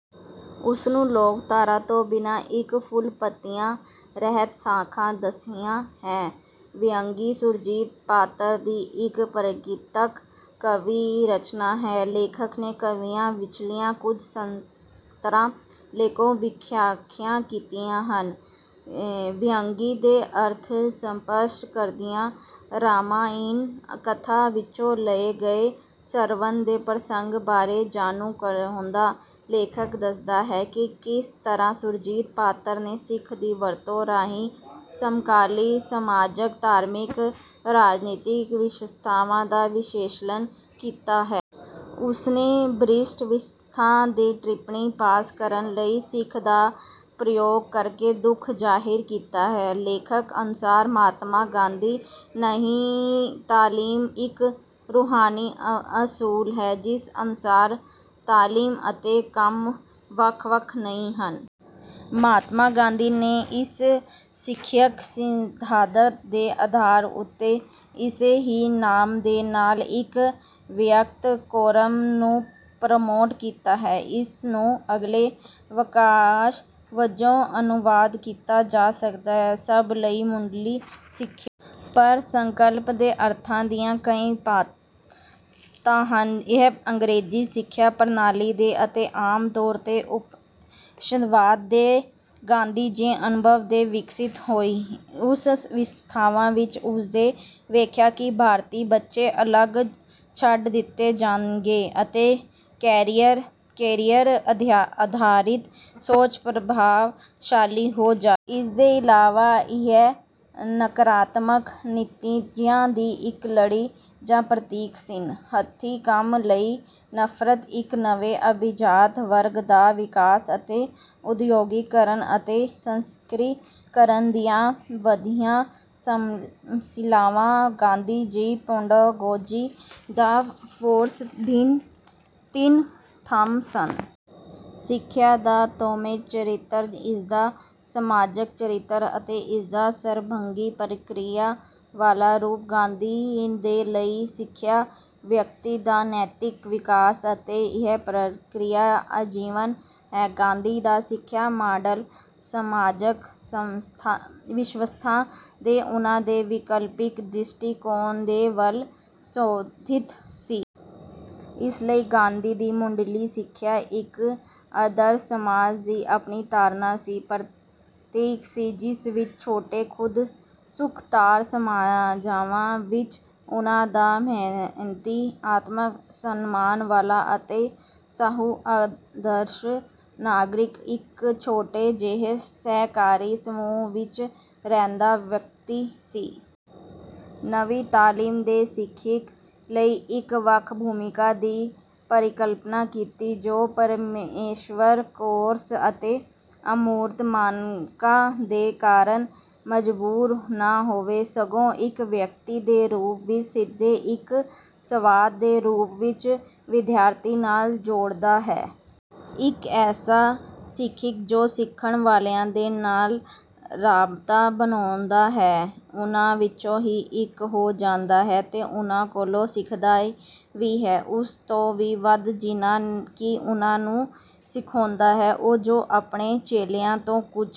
ਉਸਨੂੰ ਲੋਕਧਾਰਾ ਤੋਂ ਬਿਨਾਂ ਇੱਕ ਫੁੱਲ ਪੱਤੀਆਂ ਰਹਿਤ ਸ਼ਾਖਾ ਦੱਸਿਆ ਹੈ। ਵਹਿੰਗੀ ਸੁਰਜੀਤ ਪਾਤਰ ਦੀ ਇੱਕ ਪ੍ਰਗੀਤਕ ਕਾਵਿ ਰਚਨਾ ਹੈ। ਲੇਖਕ ਨੇ ਕਵਿਤਾ ਵਿੱਚਲੀਆਂ ਕੁਝ ਸਤਰਾਂ ਲੈਕੇ ਵਿਆਖਿਆ ਕੀਤੀ ਹੈ। ਵਹਿੰਗੀ ਦੇ ਅਰਥ ਸਪੱਸ਼ਟ ਕਰਦਿਆਂ ਰਾਮਾਇਣ ਕਥਾ ਵਿੱਚੋਂ ਲਏ ਗਏ ਸ਼੍ਰਵਣ ਦੇ ਪ੍ਰਸੰਗ ਬਾਰੇ ਜਾਣੂ ਕਰਵਾਉਂਦਾ ਲੇਖਕ ਦੱਸਦਾ ਹੈ ਕਿ ਕਿਸ ਤਰ੍ਹਾਂ ਸੁਰਜੀਤ ਪਾਤਰ ਨੇ ਮਿੱਥ ਦੀ ਵਰਤੋਂ ਰਾਹੀਂ ਸਮਕਾਲੀ ਸਮਾਜਕ ਧਾਰਮਿਕ ਰਾਜਨੀਤਕ ਵਿਵਸਥਾ ਦਾ ਵਿਸ਼ਲੇਸ਼ਣ ਕੀਤਾ ਹੈ। ਉਸਨੇ ਭ੍ਰਿਸ਼ਟ ਵਿਵਸਥਾ ਤੇ ਟਿੱਪਣੀ ਪਾਸ ਕਰਨ ਲਈ ਸਿੱਖ ਥ ਦਾ ਪ੍ਰਯੋਗ ਕਰਕੇ ਦੁੱਖ ਜ਼ਾਹਿਰ ਕੀਤਾ ਹੈ। ਲੇਖਕ ਅਨੁਸਾਰ ਮਹਾਤਮਾ ਗਾਂਧੀ ਨਈ ਤਾਲੀਮ ਇੱਕ ਰੂਹਾਨੀ ਅਸੂਲ ਹੈ ਜਿਸ ਅਨੁਸਾਰ ਤਾਲੀਮ ਅਤੇ ਕੰਮ ਵੱਖ ਵੱਖ ਨਹੀਂ ਹਨ। ਮਹਾਤਮਾ ਗਾਂਧੀ ਨੇ ਇਸ ਸਿੱਖਿਅਕ ਸਿੱਧਾਂਤ ਦੇ ਆਧਾਰ ਉੱਤੇ ਇਸੇ ਹੀ ਨਾਮ ਦੇ ਨਾਲ ਇੱਕ ਵਿਦਿਅਕ ਕੋਰਸ ਨੂੰ ਪ੍ਰਮੋਟ ਕੀਤਾ। ਇਸ ਨੂੰ ਅਗਲੇ ਵਾਕੰਸ਼ ਵਜੋਂ ਅਨੁਵਾਦ ਕੀਤਾ ਜਾ ਸਕਦਾ ਹੈ ਸਭ ਲਈ ਮੁੱਢਲੀ ਸਿੱਖਿਆ। ਪਰ ਸੰਕਲਪ ਦੇ ਅਰਥਾਂ ਦੀਆਂ ਕਈ ਪਰਤਾਂ ਹਨ। ਇਹ ਅੰਗਰੇਜ਼ੀ ਸਿੱਖਿਆ ਪ੍ਰਣਾਲੀ ਦੇ ਅਤੇ ਆਮ ਤੌਰ ਤੇ ਉਪਨਿਵੇਸ਼ਵਾਦ ਦੇ ਗਾਂਧੀ ਦੇ ਅਨੁਭਵ ਤੋਂ ਵਿਕਸਿਤ ਹੋਈ। ਉਸ ਵਿਵਸਥਾ ਵਿੱਚ ਉਸ ਨੇ ਵੇਖਿਆ ਕਿ ਭਾਰਤੀ ਬੱਚੇ ਅਲੱਗ ਛੱਡ ਦਿੱਤੇ ਜਾਣਗੇ ਅਤੇ ਕੈਰੀਅਰ ਆਧਾਰਿਤ ਸੋਚ ਪ੍ਰਭਾਵਸ਼ਾਲੀ ਹੋ ਜਾਵੇਗੀ। ਇਸਦੇ ਇਲਾਵਾ ਇਹ ਨਕਾਰਾਤਮਕ ਨਤੀਜਿਆਂ ਦੀ ਇੱਕ ਲੜੀ ਦਾ ਪ੍ਰਤੀਕ ਸੀ। ਹੱਥੀਂ ਕੰਮ ਲਈ ਨਫ਼ਰਤ ਇੱਕ ਨਵੇਂ ਅਭਿਜਾਤ ਵਰਗ ਦਾ ਵਿਕਾਸ ਅਤੇ ਉਦਯੋਗੀਕਰਨ ਅਤੇ ਸ਼ਹਰੀਕਰਨ ਦੀਆਂ ਵੱਧਦੀਆਂ ਸਮਸਿਆਵਾਂ। ਗਾਂਧੀ ਦੀ ਪੈਡਾਗੋਜੀ ਦਾ ਫੋਕਸ ਤਿੰਨ ਥੰਮ ਸਨ। ਸਿੱਖਿਆ ਦਾ ਤਾਉਮਰ ਚਰਿੱਤਰ ਇਸਦਾ ਸਮਾਜਕ ਚਰਿੱਤਰ ਅਤੇ ਇਸਦਾ ਸਰਬੰਗੀ ਪ੍ਰਕਿਰਿਆ ਵਾਲਾ ਰੂਪ। ਗਾਂਧੀ ਦੇ ਲਈ ਸਿੱਖਿਆ ਵਿਅਕਤੀ ਦਾ ਨੈਤਿਕ ਵਿਕਾਸ ਹੈ ਅਤੇ ਇਹ ਪ੍ਰਕਿਰਿਆ ਆਜੀਵਨ ਹੈ। ਗਾਂਧੀ ਦਾ ਸਿੱਖਿਆ ਮਾਡਲ ਸਮਾਜਕ ਵਿਵਸਥਾ ਦੇ ਉਨ੍ਹਾਂ ਦੇ ਵਿਕਲਪਿਕ ਦ੍ਰਿਸ਼ਟੀਕੋਣ ਦੇ ਵੱਲ ਸੇਧਿਤ ਸੀ। ਇਸ ਲਈ ਗਾਂਧੀ ਦੀ ਮੁੱਢਲੀ ਸਿੱਖਿਆ ਇੱਕ ਆਦਰਸ਼ ਸਮਾਜ ਦੀ ਆਪਣੀ ਧਾਰਨਾ ਦੀ ਪ੍ਰਤੀਕ ਸੀ ਜਿਸ ਵਿੱਚ ਛੋਟੇ ਖੁਦ ਮੁਖਤਾਰ ਸਮਾਜਾਂ ਵਿੱਚ ਉਨ੍ਹਾਂ ਦਾ ਮਿਹਨਤੀ ਆਤਮ ਸਨਮਾਨ ਵਾਲਾ ਅਤੇ ਸਾਊ ਆਦਰਸ਼ ਨਾਗਰਿਕ ਇੱਕ ਛੋਟੇ ਜਿਹੇ ਸਹਿਕਾਰੀ ਸਮੂਹ ਵਿੱਚ ਰਹਿੰਦਾ ਵਿਅਕਤੀ ਸੀ। ਨਵੀਂ ਤਾਲੀਮ ਨੇ ਸਿਖਿਅਕ ਲਈ ਇੱਕ ਵੱਖ ਭੂਮਿਕਾ ਦੀ ਪਰਿਕਲਪਨਾ ਕੀਤੀ ਜੋ ਪੇਸ਼ੇਵਰ ਕੋਰਸ ਅਤੇ ਅਮੂਰਤ ਮਾਨਕਾਂ ਦੇ ਕਾਰਨ ਮਜ਼ਬੂਰ ਨਾ ਹੋਵੇ ਸਗੋਂ ਇੱਕ ਵਿਅਕਤੀ ਦੇ ਰੂਪ ਵਿੱਚ ਸਿੱਧੇ ਇੱਕ ਸੰਵਾਦ ਦੇ ਰੂਪ ਵਿੱਚ ਵਿਦਿਆਰਥੀ ਨਾਲ ਜੁੜਦਾ ਹੈ। ਇੱਕ ਐਸਾ ਸਿਖਿਅਕ ਜੋ ਸਿਖਣ ਵਾਲਿਆਂ ਦੇ ਨਾਲ ਰਾਬਤਾ ਬਣਾਉਂਦਾ ਹੈ ਉਨ੍ਹਾਂ ਵਿੱਚੋਂ ਹੀ ਇੱਕ ਹੋ ਜਾਂਦਾ ਹੈ ਅਤੇ ਉਨ੍ਹਾਂ ਕੋਲੋਂ ਸਿੱਖਦਾ ਵੀ ਹੈ ਉਸ ਤੋਂ ਵੀ ਵੱਧ ਜਿੰਨਾ ਕਿ ਉਨ੍ਹਾਂ ਨੂੰ ਸਿਖਾਉਂਦਾ ਹੈ। ਉਹ ਜੋ ਆਪਣੇ ਚੇਲਿਆਂ ਤੋਂ ਕੁੱਝ